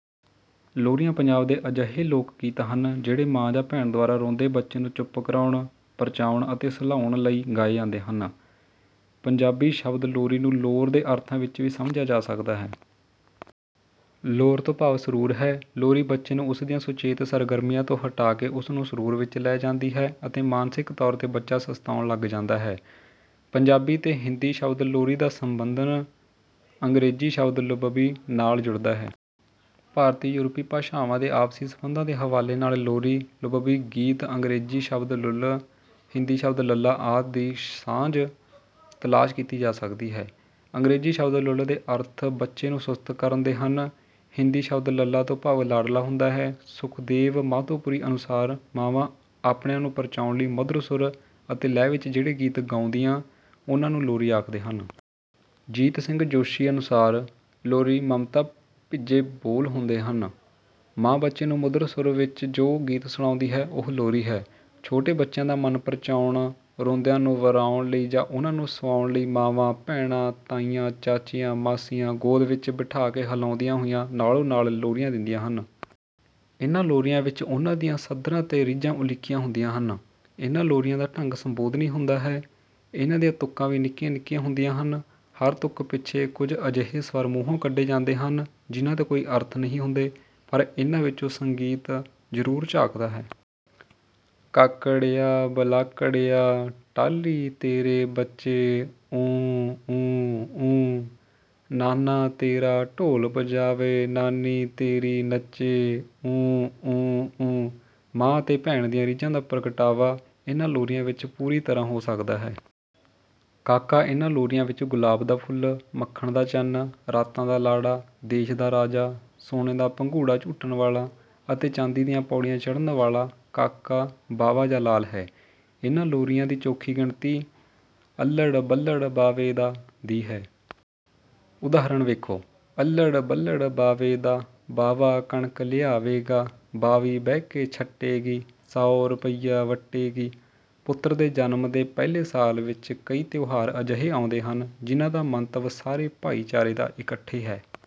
ਲੋਰੀਆਂ ਪੰਜਾਬ ਦੇ ਅਜਿਹੇ ਲੋਕ ਗੀਤ ਹਨ, ਜਿਹੜੇ ਮਾਂ ਜਾਂ ਭੈਣ ਦੁਆਰਾ ਰੋਂਦੇ ਬੱਚੇ ਨੂੰ ਚੁੱਪ ਕਰਾਉਣ, ਪ੍ਰਚਾਉਣ ਅਤੇ ਸਲਾਉਣ ਲਈ ਗਾਏ ਜਾਂਦੇ ਹਨ। ਪੰਜਾਬੀ ਸ਼ਬਦ ਲੋਰੀ ਨੂੰ ਲੋਰ ਦੇ ਅਰਥਾਂ ਵਿੱਚ ਵੀ ਸਮਝਿਆ ਜਾ ਸਕਦਾ ਹੈ। ਲੋਰ ਤੋਂ ਭਾਵ ਸਰੂਰ ਹੈ। ਲੋਰੀ ਬੱਚੇ ਨੂੰ ਉਸ ਦੀਆਂ ਸੁਚੇਤ ਸਰਗਰਮੀਆਂ ਤੋਂ ਹਟਾ ਕੇ ਉਸ ਨੂੰ ਸਰੂਰ ਵਿੱਚ ਲੈ ਜਾਂਦੀ ਹੈ ਅਤੇ ਮਾਨਸਿਕ ਤੌਰ ਤੇ ਬੱਚਾ ਸਸਤਾਉਣ ਲੱਗ ਜਾਂਦਾ ਹੈ। ਪੰਜਾਬੀ ਤੇ ਹਿੰਦੀ ਸ਼ਬਦ ਲੋਰੀ ਦਾ ਸੰਬੰਧਨ ਅੰਗਰੇਜ਼ੀ ਸ਼ਬਦ ਲੁੱਲਬੀ ਨਾਲ਼ ਜੁੜਦਾ ਹੈ। ਭਾਰਤੀ ਯੂਰਪੀ ਭਾਸ਼ਾਵਾਂ ਦੇ ਆਪਸੀ ਸੰਬੰਧਾਂ ਦੇ ਹਵਾਲੇ ਨਾਲ਼ ਲੋਰੀ, ਲੁੱਲਬੀ ਗੀਤ ਅੰਗਰੇਜ਼ੀ ਸ਼ਬਦ ਲੁੱਲ, ਹਿੰਦੀ ਸ਼ਬਦ ਲੱਲਾ ਆਦਿ ਦੀ ਸਾਂਝ ਤਲਾਸ਼ ਕੀਤੀ ਜਾ ਸਕਦੀ ਹੈ। ਅੰਗਰੇਜ਼ੀ ਸ਼ਬਦ ਲੁੱਲ ਦੇ ਅਰਥ ਬੱਚੇ ਨੂੰ ਸੁਸਤ ਕਰਨ ਦੇ ਹਨ ਹਿੰਦੀ ਸ਼ਬਦ ਲੱਲਾ ਤੋਂ ਭਾਵ ਲਾਡਲਾ ਹੁੰਦਾ ਹੈ| ਸੁਖਦੇਵ ਮਾਧੋਪੁਰੀ ਅਨੁਸਾਰ, " ਮਾਵਾਂ ਆਪਣਿਆਂ ਨੂੰ ਪ੍ਰਚਾਉਣ ਲਈ ਮਧੁਰ ਸੁਰ ਅਤੇ ਲੈਅ ਵਿੱਚ ਜਿਹੜੇ ਗੀਤ ਗਾਉਂਦੀਆਂ ਉਨ੍ਹਾਂ ਨੂੰ ਲੋਰੀ ਆਖਦੇ ਹਨ। ਜੀਤ ਸਿੰਘ ਜੋਸ਼ੀ ਅਨੁਸਾਰ, " ਲੋਰੀ ਮਮਤਾ ਭਿੱਜੇ ਬੋਲ ਹੁੰਦੇ ਹਨ। ਮਾਂ ਬੱਚੇ ਨੂੰ ਮਧੁਰ ਸੁਰ ਵਿੱਚ ਜੋ ਗੀਤ ਸੁਣਾਉਂਦੀ ਹੈ, ਉਹ ਲੋਰੀ ਹੈ। " "ਛੋਟੇ ਬੱਚਿਆਂ ਦਾ ਮਨ ਪ੍ਰਚਾਉਣ ਰੋਂਦਿਆਂ ਨੂੰ ਵਰਾਉਣ ਲਈ ਜਾਂ ਉਨ੍ਹਾਂ ਨੂੰ ਸੁਆਉਣ ਲਈ ਮਾਵਾਂ, ਭੈਣਾਂ, ਤਾਈਆਂ, ਚਾਚੀਆਂ, ਮਾਸੀਆਂ ਗੋਦ ਵਿੱਚ ਬਿਠਾ ਕੇ ਹਿਲਾਉਂਦੀਆਂ ਹੋਈਆਂ ਨਾਲ਼ੋ ਨਾਲ਼ ਲੋਰੀਆਂ ਦਿੰਦੀਆਂ ਹਨ। ਇਨ੍ਹਾਂ ਲੋਰੀਆਂ ਵਿੱਚ ਉਨ੍ਹਾਂ ਦੀਆਂ ਸੱਧਰਾਂ ਤੇ ਰੀਝਾਂ ਉਲੀਕੀਆਂ ਹੁੰਦੀਆਂ ਹਨ। ਇਨ੍ਹਾਂ ਲੋਰੀਆਂ ਦਾ ਢੰਗ ਸੰਬੋਧਨੀ ਹੁੰਦਾ ਹੈ। ਇਨ੍ਹਾਂ ਦੀਆਂ ਤੁਕਾਂ ਵੀ ਨਿੱਕੀਆਂ ਨਿੱਕੀਆਂ ਹੁੰਦੀਆਂ ਹਨ। ਹਰ ਤੁਕ ਪਿੱਛੇ ਕੁੱਝ ਅਜਿਹੇ ਸਵਰ ਮੂੰਹੋਂ ਕੱਢੇ ਜਾਂਦੇ ਹਨ, ਜਿਨ੍ਹਾਂ ਦੇ ਕੋਈ ਅਰਥ ਨਹੀਂ ਹੁੰਦੇ ,ਪਰ ਇਨ੍ਹਾਂ ਵਿੱਚੋਂ ਸੰਗੀਤ ਜ਼ਰੂਰ ਝਾਕਦਾ ਹੈ। "ਕਾਕੜਿਆ ਬਲਾਕੜਿਆ, ਟਾਹਲੀ ਤੇਰੇ ਬੱਚੇ ਊਂ, ਊਂ, ਊਂ। ਨਾਨਾ ਤੇਰਾ ਢੋਲ ਵਜਾਵੇ, ਨਾਨੀ ਤੇਰੀ ਨੱਚੇ, ਊਂ, ਊਂ, ਊਂ। " "ਮਾਂ ਅਤੇ ਭੈਣ ਦੀਆਂ ਰੀਝਾਂ ਦਾ ਪ੍ਰਗਟਾਵਾ ਇਨ੍ਹਾਂ ਲੋਰੀਆਂ ਵਿੱਚ ਪੂਰੀ ਤਰ੍ਹਾਂ ਹੋ ਸਕਦਾ ਹੈ। ਕਾਕਾ ਇਨ੍ਹਾਂ ਲੋਰੀਆਂ ਵਿੱਚ ਗੁਲਾਬ ਦਾ ਫੁੱਲ, ਮੱਖਣ ਦਾ ਚੰਨ, ਰਾਤਾਂ ਦਾ ਲਾੜਾ, ਦੇਸ਼ ਦਾ ਰਾਜਾ, ਸੋਨੇ ਦਾ ਪੰਘੂੜਾ ਝੂਟਣ ਵਾਲ਼ਾ ਅਤੇ ਚਾਂਦੀ ਦੀਆਂ ਪੌੜੀਆਂ ਚੜ੍ਹਨ ਵਾਲ਼ਾ ਕਾਕਾ ਬਾਵਾ ਜਾਂ ਲਾਲ ਹੈ। ਇਨ੍ਹਾਂ ਲੋਰੀਆਂ ਦੀ ਚੋਖੀ ਗਿਣਤੀ ' ਅੱਲ੍ਹੜ ਬੱਲ੍ਹੜ ਬਾਵੇ ਦਾ ' ਦੀ ਹੈ। " ਉਦਾਹਰਨ ਵੇਖੋ: " ਅੱਲ੍ਹੜ ਬੱਲ੍ਹੜ ਬਾਵੇ ਦਾ, ਬਾਵਾ ਕਣਕ ਲਿਆਵੇਗਾ, ਬਾਵੀ ਬਹਿ ਕੇ ਛੱਟੇਗੀ, ਸੌ ਰੁਪਈਆ ਵੱਟੇਗੀ। " ਪੁੱਤਰ ਦੇ ਜਨਮ ਦੇ ਪਹਿਲੇ ਸਾਲ ਵਿੱਚ ਕਈ ਤਿਉਹਾਰ ਅਜਿਹੇ ਆਉਂਦੇ ਹਨ ਜਿਨ੍ਹਾਂ ਦਾ ਮੰਤਵ ਸਾਰੇ ਭਾਈਚਾਰੇ ਦਾ ਇਕੱਠੇ ਹੈ